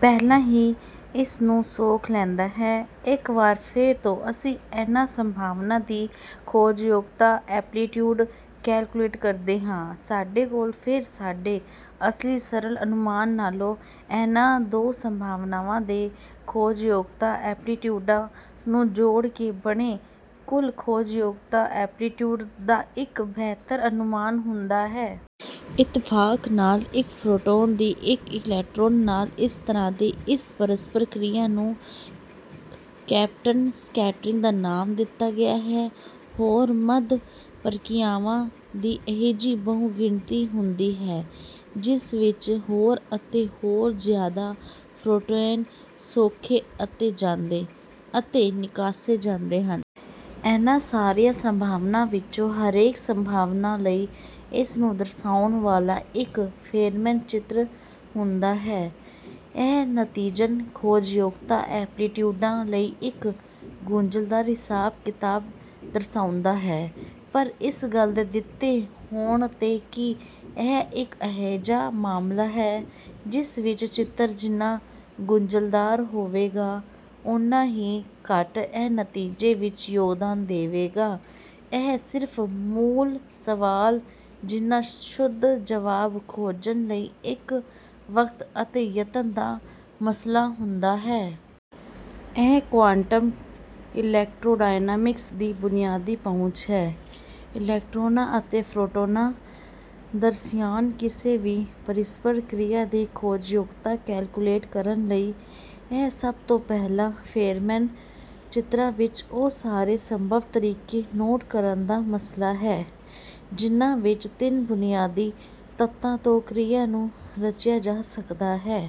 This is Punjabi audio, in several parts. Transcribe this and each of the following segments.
ਪਹਿਲਾਂ ਹੀ ਇਸ ਨੂੰ ਸੋਖ ਲੈਂਦਾ ਹੈ। ਇੱਕ ਵਾਰ ਫੇਰ ਤੋਂ ਅਸੀਂ ਇਹਨਾਂ ਸੰਭਾਵਨਾਵਾਂ ਦੀ ਖੋਜਯੋਗਤਾ ਐਂਪਲੀਟਿਊਡ ਕੈਲਕੁਲੇਟ ਕਰਦੇ ਹਾਂ। ਸਾਡੇ ਕੋਲ ਫੇਰ ਸਾਡੇ ਅਸਲੀ ਸਰਲ ਅਨੁਮਾਨ ਨਾਲੋਂ ਇਹਨਾਂ ਦੋ ਸੰਭਾਵਨਾਵਾਂ ਦੇ ਖੋਜਯੋਗਤਾ ਐਂਪਲੀਟਿਊਡਾਂ ਨੂੰ ਜੋੜ ਕੇ ਬਣੇ ਕੁੱਲ ਖੋਜਯੋਗਤਾ ਐਂਪਲੀਟਿਊਡ ਦਾ ਇੱਕ ਬੇਹਤਰ ਅਨੁਮਾਨ ਹੁੰਦਾ ਹੈ। ਇਤਫਾਕ ਨਾਲ ਇੱਕ ਫੋਟੌਨ ਦੀ ਇੱਕ ਇਲੈਕਟ੍ਰੌਨ ਨਾਲ ਇਸ ਤਰ੍ਹਾਂ ਦੀ ਇਸ ਪਰਸਪਰ ਕ੍ਰਿਆ ਨੂੰ ਕੌਂਪਟਨ ਸਕੈਟਰਿੰਗ ਦਾ ਨਾਮ ਦਿੱਤਾ ਗਿਆ ਹੈ। ਹੋਰ ਮੱਧ ਪ੍ਰਕ੍ਰਿਆਵਾਂ ਦੀ ਅਜਿਹੀ ਬਹੁਗਿਣਤੀ ਹੁੰਦੀ ਹੈ ਜਿਸ ਵਿੱਚ ਹੋਰ ਅਤੇ ਹੋਰ ਜਿਆਦਾ ਫੋਟੌਨ ਸੌਖੇ ਅਤੇ ਜਾਂਦੇ ਅਤੇ ਨਿਕਾਸੇ ਜਾਂਦੇ ਹਨ। ਇਹਨਾਂ ਸਾਰੀਆਂ ਸੰਭਾਵਨਾਵਾਂ ਵਿੱਚੋਂ ਹਰੇਕ ਸੰਭਾਵਨਾ ਲਈ ਇਸ ਨੂੰ ਦਰਸਾਉਣ ਵਾਲਾ ਇੱਕ ਫੇਨਮੈਨ ਚਿੱਤਰ ਹੁੰਦਾ ਹੈ। ਇਹ ਨਤੀਜਨ ਖੋਜਯੋਗਤਾ ਐਂਪਲੀਟਿਊਡਾਂ ਲਈ ਇੱਕ ਗੁੰਝਲਦਾਰ ਹਿਸਾਬ ਕਿਤਾਬ ਦਰਸਾਉਂਦਾ ਹੈ ਪਰ ਇਸ ਗੱਲ ਦੇ ਦਿੱਤੇ ਹੋਣ ਤੇ ਕਿ ਇਹ ਇੱਕ ਅਜਿਹਾ ਮਾਮਲਾ ਹੈ ਜਿਸ ਵਿੱਚ ਚਿੱਤਰ ਜਿੰਨਾ ਗੁੰਝਲਦਾਰ ਹੋਵੇਗਾ ਉੰਨਾ ਹੀ ਘੱਟ ਇਹ ਨਤੀਜੇ ਵਿੱਚ ਯੋਗਦਾਨ ਦੇਵੇਗਾ ਇਹ ਸਿਰਫ ਮੂਲ ਸਵਾਲ ਜਿੰਨਾ ਸ਼ੁੱਧ ਜਵਾਬ ਖੋਜਣ ਲਈ ਇੱਕ ਵਕਤ ਅਤੇ ਯਤਨ ਦਾ ਮਸਲਾ ਹੁੰਦਾ ਹੈ। ਇਹ ਕੁਆਂਟਮ ਇਲੈਕਟ੍ਰੋਡਾਇਨਾਮਿਕਸ ਦੀ ਬੁਨਿਆਦੀ ਪਹੁੰਚ ਹੈ। ਇਲੈਕਟ੍ਰੌਨਾਂ ਅਤੇ ਫੋਟੌਨਾਂ ਦਰਮਿਆਨ ਕਿਸੇ ਵੀ ਪਰਸਪਰ ਕ੍ਰਿਆ ਦੀ ਖੋਜਯੋਗਤਾ ਕੈਲਕੁਲੇਟ ਕਰਨ ਲਈ ਇਹ ਸਭ ਤੋਂ ਪਹਿਲਾਂ ਫੇਨਮੈਨ ਚਿੱਤਰਾਂ ਵਿੱਚ ਉਹ ਸਾਰੇ ਸੰਭਵ ਤਰੀਕੇ ਨੋਟ ਕਰਨ ਦਾ ਮਸਲਾ ਹੈ ਜਿਹਨਾਂ ਵਿੱਚ ਤਿੰਨ ਬੁਨਿਆਦੀ ਤੱਤਾਂ ਤੋਂ ਕ੍ਰਿਆ ਨੂੰ ਰਚਿਆ ਜਾ ਸਕਦਾ ਹੈ।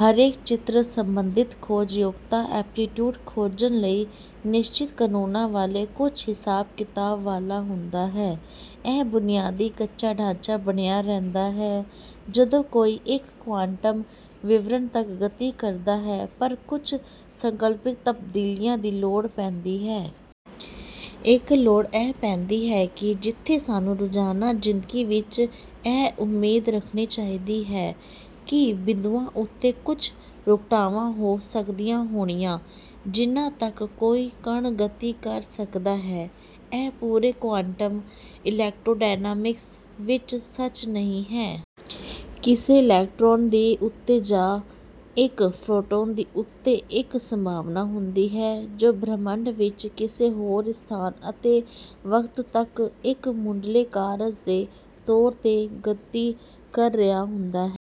ਹਰੇਕ ਚਿੱਤਰ ਸਬੰਧਤ ਖੋਜਯੋਗਤਾ ਐਂਪਲੀਟਿਊਡ ਖੋਜਣ ਲਈ ਨਿਸ਼ਚਿਤ ਕਨੂੰਨਾਂ ਵਾਲੇ ਕੁੱਝ ਹਿਸਾਬ ਕਿਤਾਬ ਵਾਲਾ ਹੁੰਦਾ ਹੈ। ਇਹ ਬੁਨਿਆਦੀ ਕੱਚਾ ਢਾਂਚਾ ਬਣਿਆ ਰਹਿੰਦਾ ਹੈ ਜਦੋਂ ਕੋਈ ਇੱਕ ਕੁਆਂਟਮ ਵਿਵਰਣ ਤੱਕ ਗਤੀ ਕਰਦਾ ਹੈ ਪਰ ਕੁੱਝ ਸੰਕਲਪਿਕ ਤਬਦੀਲੀਆਂ ਦੀ ਲੋੜ ਪੈਂਦੀ ਹੈ। ਇੱਕ ਲੋੜ ਇਹ ਪੈਂਦੀ ਹੈ ਕਿ ਜਿੱਥੇ ਸਾਨੂੰ ਰੋਜ਼ਾਨਾ ਜਿੰਦਗੀ ਵਿੱਚ ਇਹ ਉਮੀਦ ਰੱਖਣੀ ਚਾਹੀਦੀ ਹੈ ਕਿ ਬਿੰਦੂਆਂ ਉੱਤੇ ਕੁੱਝ ਰੁਕਾਵਟਾਂ ਹੋ ਸਕਦੀਆਂ ਹੋਣਗੀਆਂ ਜਿਹਨਾਂ ਤੱਕ ਕੋਈ ਕਣ ਗਤੀ ਕਰ ਸਕਦਾ ਹੈ ਇਹ ਪੂਰੇ ਕੁਆਂਟਮ ਇਲੈਕਟ੍ਰੋਡਾਇਨਾਮਿਕਸ ਵਿੱਚ ਸੱਚ ਨਹੀਂ ਹੈ। ਕਿਸੇ ਇਲੈਕਟ੍ਰੌਨ ਦੀ ਉੱਤੇ ਜਾਂ ਇੱਕ ਫੋਟੌਨ ਦੀ ਉੱਤੇ ਇੱਕ ਸੰਭਾਵਨਾ ਹੁੰਦੀ ਹੈ ਜੋ ਬ੍ਰਹਿਮੰਡ ਵਿੱਚ ਕਿਸੇ ਹੋਰ ਸਥਾਨ ਅਤੇ ਵਕਤ ਤੱਕ ਇੱਕ ਮੁਢਲੇ ਕਾਰਜ ਦੇ ਤੌਰ ਤੇ ਗਤੀ ਕਰ ਰਿਹਾ ਹੁੰਦਾ ਹੈ।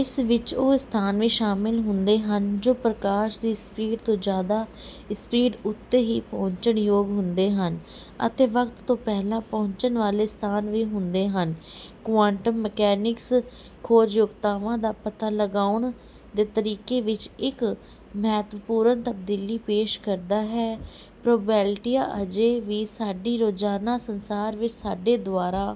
ਇਸ ਵਿੱਚ ਉਹ ਸਥਾਨ ਵੀ ਸ਼ਾਮਿਲ ਹੁੰਦੇ ਹਨ ਜੋ ਪ੍ਰਕਾਸ਼ ਦੀ ਸਪੀਡ ਤੋਂ ਜਿਆਦਾ ਸਪੀਡ ਉੱਤੇ ਹੀ ਪਹੁੰਚਣਯੋਗ ਹੁੰਦੇ ਹਨ ਅਤੇ ਵਕਤ ਤੋਂ ਪਹਿਲਾਂ ਪਹੁੰਚਣ ਵਾਲੇ ਸਥਾਨ ਵੀ ਹੁੰਦੇ ਹਨ। ਕੁਆਂਟਮ ਮਕੈਨਿਕਸ ਖੋਜਯੋਗਤਾਵਾਂ ਦਾ ਪਤਾ ਲਗਾਉਣ ਦੇ ਤਰੀਕੇ ਵਿੱਚ ਇੱਕ ਮਹੱਤਵਪੂਰਨ ਤਬਦੀਲੀ ਪੇਸ਼ ਕਰਦਾ ਹੈ। ਪ੍ਰੋਬੇਬਿਲਟੀਆਂ ਅਜੇ ਵੀ ਸਾਡੀ ਰੋਜ਼ਾਨਾ ਸੰਸਾਰ ਵਿੱਚ ਸਾਡੇ ਦੁਆਰਾ